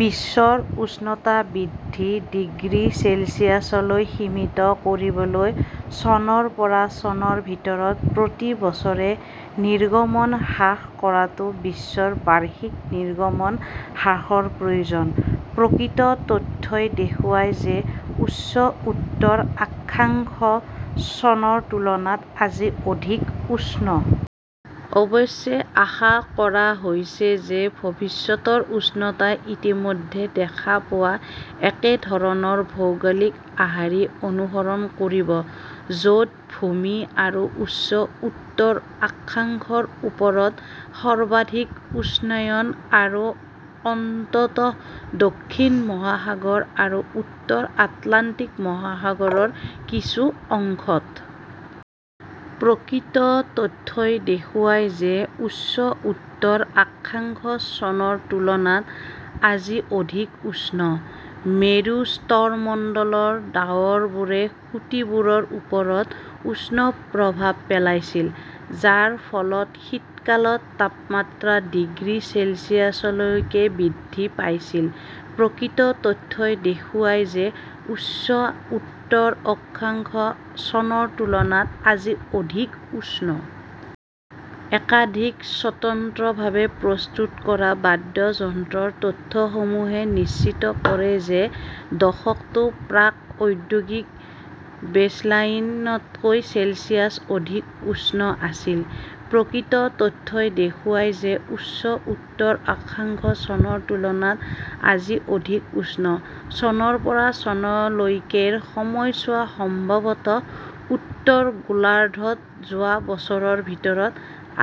বিশ্বৰ উষ্ণতা বৃদ্ধি ডিগ্ৰী চেলছিয়াছলৈ সীমিত কৰিবলৈ, চনৰ পৰা চনৰ ভিতৰত প্ৰতি বছৰে নিৰ্গমন হ্ৰাস কৰাটো বিশ্বৰ বাৰ্ষিক নিৰ্গমন হ্ৰাসৰ প্ৰয়োজন। প্ৰকৃত তথ্যই দেখুৱায় যে উচ্চ উত্তৰ অক্ষাংশ চনৰ তুলনাত আজি অধিক উষ্ণ। অৱশ্যে, আশা কৰা হৈছে যে ভৱিষ্যতৰ উষ্ণতাই ইতিমধ্যে দেখা পোৱা একেধৰণৰ ভৌগোলিক আৰ্হি অনুসৰণ কৰিব, য "ত ভূমি আৰু উচ্চ উত্তৰ অক্ষাংশৰ ওপৰত সৰ্বাধিক উষ্ণায়ন, আৰু অন্ততঃ দক্ষিণ মহাসাগৰ আৰু উত্তৰ আটলাণ্টিক মহাসাগৰৰ কিছু অংশত। প্ৰকৃত তথ্যই দেখুৱায় যে উচ্চ উত্তৰ অক্ষাংশ চনৰ তুলনাত আজি অধিক উষ্ণ। মেৰু স্তৰমণ্ডলৰ ডাৱৰবোৰে খুঁটিবোৰৰ ওপৰত উষ্ণ প্ৰভাৱ পেলাইছিল, যাৰ ফলত শীতকালত তাপমাত্ৰা ডিগ্ৰী চেলছিয়াছলৈকে বৃদ্ধি পাইছিল। প্ৰকৃত তথ্যই দেখুৱায় যে উচ্চ উত্তৰ অক্ষাংশ চনৰ তুলনাত আজি অধিক উষ্ণ। একাধিক স্বতন্ত্ৰভাৱে প্ৰস্তুত কৰা বাদ্যযন্ত্ৰৰ তথ্যসমুহে নিশ্চিত কৰে যে দশকটো প্ৰাক-ঔদ্যোগিক বেচলাইন তকৈ চেলছিয়াছ অধিক উষ্ণ আছিল। প্ৰকৃত তথ্যই দেখুৱায় যে উচ্চ উত্তৰ অক্ষাংশ চনৰ তুলনাত আজি অধিক উষ্ণ। চনৰ পৰা চনলৈকেৰ সময়ছোৱা সম্ভৱতঃ উত্তৰ গোলাৰ্ধত যোৱা বছৰৰ ভিতৰত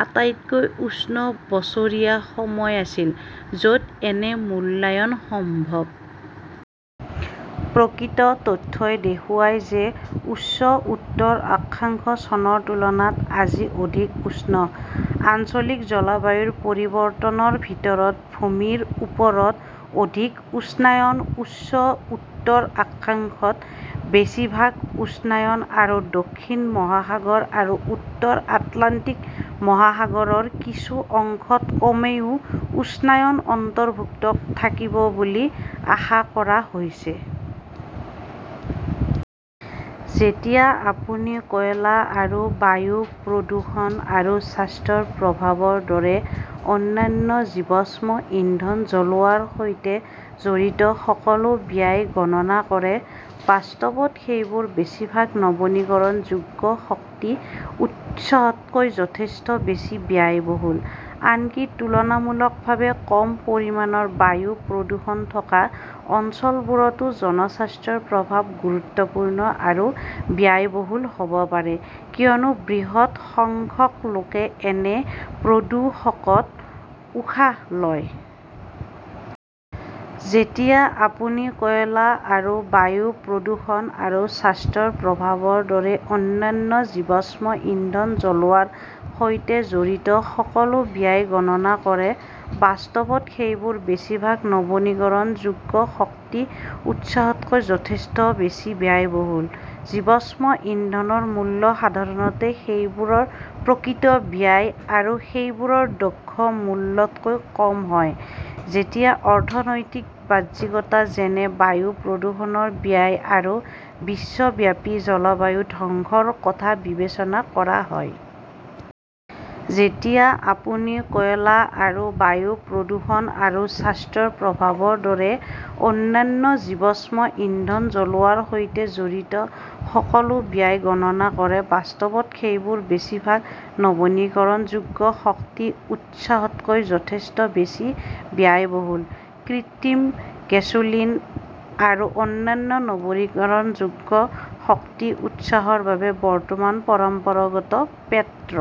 আটাইতকৈ উষ্ণ বছৰীয়া সময় আছিল, য 'ত এনে মূল্যায়ন সম্ভৱ। প্ৰকৃত তথ্যই দেখুৱায় যে উচ্চ উত্তৰ অক্ষাংশ চনৰ তুলনাত আজি অধিক উষ্ণ। আঞ্চলিক জলবায়ুৰ পৰিৱৰ্তনৰ ভিতৰত ভূমিৰ ওপৰত অধিক উষ্ণায়ন, উচ্চ উত্তৰ অক্ষাংশত বেছিভাগ উষ্ণায়ন, আৰু দক্ষিণ মহাসাগৰ আৰু উত্তৰ আটলাণ্টিক মহাসাগৰৰ কিছু অংশত কমেও উষ্ণায়ন অন্তৰ্ভুক্ত থাকিব বুলি আশা কৰা হৈছে। যেতিয়া আপুনি কয়লা আৰু বায়ু প্ৰদূষণ আৰু স্বাস্থ্যৰ প্ৰভাৱৰ দৰে অন্যান্য জীৱাশ্ম ইন্ধন জ্বলোৱাৰ সৈতে জড়িত সকলো ব্যয় গণনা কৰে, বাস্তৱত সেইবোৰ বেছিভাগ নৱীকৰণযোগ্য শক্তি উৎসতকৈ যথেষ্ট বেছি ব্যয়বহুল। আনকি তুলনামূলকভাৱে কম পৰিমাণৰ বায়ু প্ৰদূষণ থকা অঞ্চলবোৰতো জনস্বাস্থ্যৰ প্ৰভাৱ গুৰুত্বপূৰ্ণ আৰু ব্যয়বহুল হ "ব পাৰে, কিয়নো বৃহৎ সংখ্যক লোকে এনে প্ৰদূষকত উশাহ লয়। যেতিয়া আপুনি কয়লা আৰু বায়ু প্ৰদূষণ আৰু স্বাস্থ্যৰ প্ৰভাৱৰ দৰে অন্যান্য জীৱাশ্ম ইন্ধন জ্বলোৱাৰ সৈতে জড়িত সকলো ব্যয় গণনা কৰে, বাস্তৱত সেইবোৰ বেছিভাগ নৱীকৰণযোগ্য শক্তি উৎসতকৈ যথেষ্ট বেছি ব্যয়বহুল। জীৱাশ্ম ইন্ধনৰ মূল্য সাধাৰণতে সেইবোৰৰ প্ৰকৃত ব্যয় বা সেইবোৰৰ "দক্ষ মূল্য" তকৈ কম হয়, যেতিয়া অৰ্থনৈতিক বাহ্যিকতা, যেনে বায়ু প্ৰদূষণৰ ব্যয় আৰু বিশ্বব্যাপী জলবায়ু ধ্বংসৰ কথা বিবেচনা কৰা হয়। যেতিয়া আপুনি কয়লা আৰু বায়ু প্ৰদূষণ আৰু স্বাস্থ্যৰ প্ৰভাৱৰ দৰে অন্যান্য জীৱাশ্ম ইন্ধন জ্বলোৱাৰ সৈতে জড়িত সকলো ব্যয় গণনা কৰে, বাস্তৱত সেইবোৰ বেছিভাগ নৱীকৰণযোগ্য শক্তি উৎসতকৈ যথেষ্ট বেছি ব্যয়বহুল। কৃত্ৰিম গেছোলিন আৰু অন্যান্য নৱীকৰণযোগ্য শক্তি উৎসৰ বাবে বৰ্তমান পৰম্পৰাগত পেট্ৰ